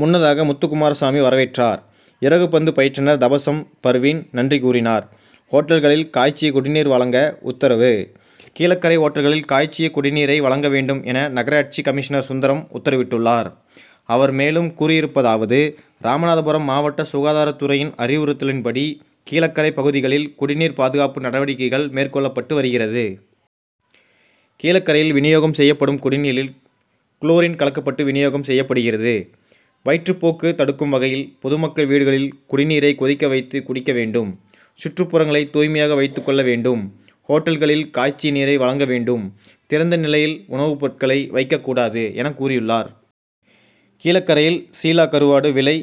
முன்னதாக முத்துக்குமாரசாமி வரவேற்றார். இறகுபந்து பயிற்றுனர் தபசம் பர்வீன் நன்றி கூறினார். ஓட்டல்களில் காய்ச்சிய குடிநீர் வழங்க உத்தரவு கீழக்கரை ஓட்டல்களில் காய்ச்சிய குடிநீரை வழங்க வேண்டும் என நகராட்சி கமிஷனர் சுந்தரம் உத்தர விட்டுள்ளார். அவர் மேலும் கூறியிருப்பதாவது ராமநாதபுரம் மாவட்ட சுகாதார துறையின் அறிவுறுத்தலின்படி கீழக்கரை பகுதிகளில் குடிநீர் பாதுகாப்பு நடவடிக்கைகள் மேற்கொள்ளப்பட்டு வருகிறது. கீழக்கரையில் வினியோகம் செய்யப்படும் குடிநீரில் குளோரின் கலக்கப்பட்டு வினியோகம் செய்யப்படுகிறது. வயிற்று போக்கு தடுக்கும் வகையில் பொதுமக்கள் வீடுகளில் குடிநீரை கொதிக்க வைத்து குடிக்க வேண்டும். சுற்றுப்புறங்களை தூய்மையாக வைத்துக் கொள்ள வேண்டும். ஓட்டல்களில் காய்ச்சிய நீரை வழங்க வேண்டும். திறந்த நிலையில் உணவு பொருட்களை வைக்கக்கூடாது, என கூறியுள்ளார். கீழக்கரையில் சீலா கருவாடு விலை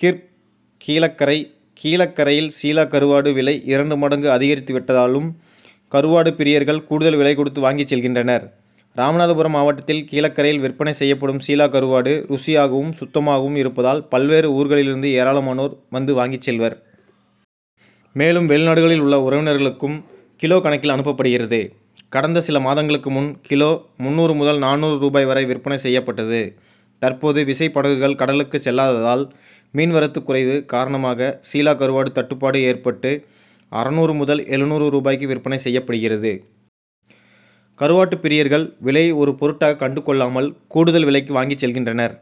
கிர்கீழக்கரை கீழக்கரையில் சீலா கருவாடு விலை இரண்டு மடங்கு அதிகரித்துவிட்டாலும் கருவாடு பிரியர்கள் கூடுதல் விலை கொடுத்து வாங்கி செல்கின்றனர். ராமநாதபுரம் மாவட்டத்தில் கீழக்கரையில் விற்பனை செய்யப்படும் சீலா கருவாடு ருசியாகவும், சுத்தமாகவும் இருப்பதால் பல்வேறு ஊர்களிலிருந்து ஏராளமானோர் வந்து வாங்கி செல்வர். மேலும் வெளிநாடுகளில் உள்ள உறவினர்களுக்கும் கிலோ கணக்கில் அனுப்பபடுகிறது. கடந்த சில மாதங்களுக்கு முன் கிலோ முந்நூறு முதல் நானூறு ரூபாய் வரை விற்பனை செய்யப்பட்டது. தற்போது விசைப் படகுகள் கடலுக்கு செல்லாததால் மீன்வரத்து குறைவு காரணமாக சீலா கருவாடு தட்டுப்பாடு ஏற்பட்டு அறுநூறு முதல் எழுநூறு ரூபாய்க்கு விற்பனை செய்யப்படுகிறது. கருவாடு பிரியர்கள் விலையை ஒரு பொருட்டாக கண்டு கொள்ளாமல் கூடுதல் விலைக்கு வாங்கி செல்கின்றனர்.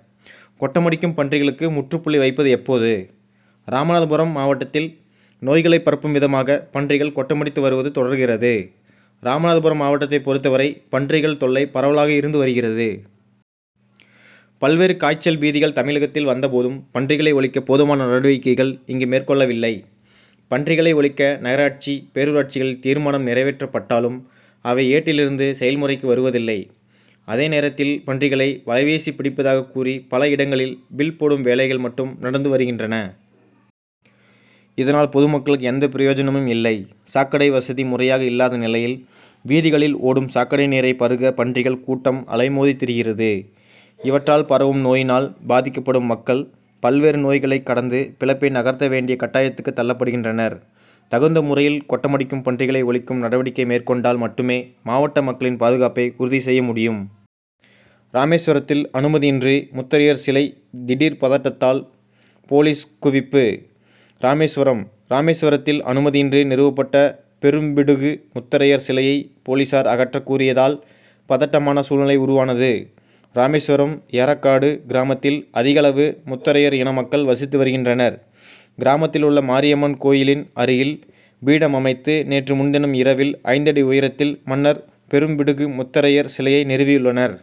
கொட்டமடிக்கும் பன்றிகளுக்கு முற்றுப்புள்ளி வைப்பது எப்போது? ராமநாதபுரம் மாவட்டத்தில் நோய்களை பரப்பும் விதமாக பன்றிகள் கொட்டமடித்து வருவது தொடர்கிறது. ராமநாதபுரம் மாவட்டத்தை பொறுத்தவரை பன்றிகள் தொல்லை பரவலாக இருந்து வருகிறது. பல்வேறு காய்ச்சல் பீதிகள் தமிழகத்தில் வந்த போதும் பன்றிகளை ஒழிக்க போதுமான நடவடிக்கைள் இங்கு மேற் கொள்ளவில்லை. பன்றிகளை ஒழிக்க நகராட்சி, பேரூராட்சிகளில் தீர்மானம் நிறைவேற்றப் பட்டாலும், அவை ஏட்டிலிருந்து செயல்முறைக்கு வருவதில்லை. அதே நேரத்தில் பன்றிகளை வலைவீசி பிடிப்பதாக கூறி பல இடங்களில் பில்' போடும் வேலைகள் மட்டும் நடந்து வருகின்றன. இதனால் பொதுமக்களுக்கு எந்த பிரயோஜனமும் இல்லை. சாக்கடை வசதி முறையாக இல்லாத நிலையில், வீதிகளில் ஓடும் சாக்கடை நீரை பருக பன்றிகள் கூட்டம் அலைமோதி திரிகிறது. இவற்றால் பரவும் நோயினால் பாதிக்கப்படும் மக்கள் பல்வேறு நோய்களை கடந்து பிழைப்பை நகர்த்த வேண்டிய கட்டாயத்துக்கு தள்ளப்படுகின்றனர். தகுந்த முறையில் கொட்டமடிக்கும் பன்றிகளை ஒழிக்கும் நடவடிக்கை மேற்கொண்டால் மட்டுமே மாவட்ட மக்களின் பாதுகாப்பை உறுதி செய்ய முடியும். ராமேஸ்வரத்தில் அனுமதியின்றி முத்தரையர் சிலை திடீர் பதட்டத்தால் போலீஸ் குவிப்பு ராமேஸ்வரம் ராமேஸ்வரத்தில் அனுமதியின்றி நிறுவப்பட்ட பெரும்பிடுகு முத்தரையர் சிலையை போலீசார் அகற்ற கூறியதால் பதட்டமான சூழ்நிலை உருவானது. ராமேஸ்வரம் ஏரகாடு கிராமத்தில் அதிகளவில் முத்தரையர் இன மக்கள் வசித்து வருகின்றனர். கிராமத்தில் உள்ள மாரியம்மன் கோயிலின் அருகில் பீடம் அமைத்து நேற்று முன்தினம் இரவில் ஐந்தடி உயரத்தில் மன்னர் பெரும்பிடுகு முத்தரையர் சிலையை நிறுவியுள்ளனர்.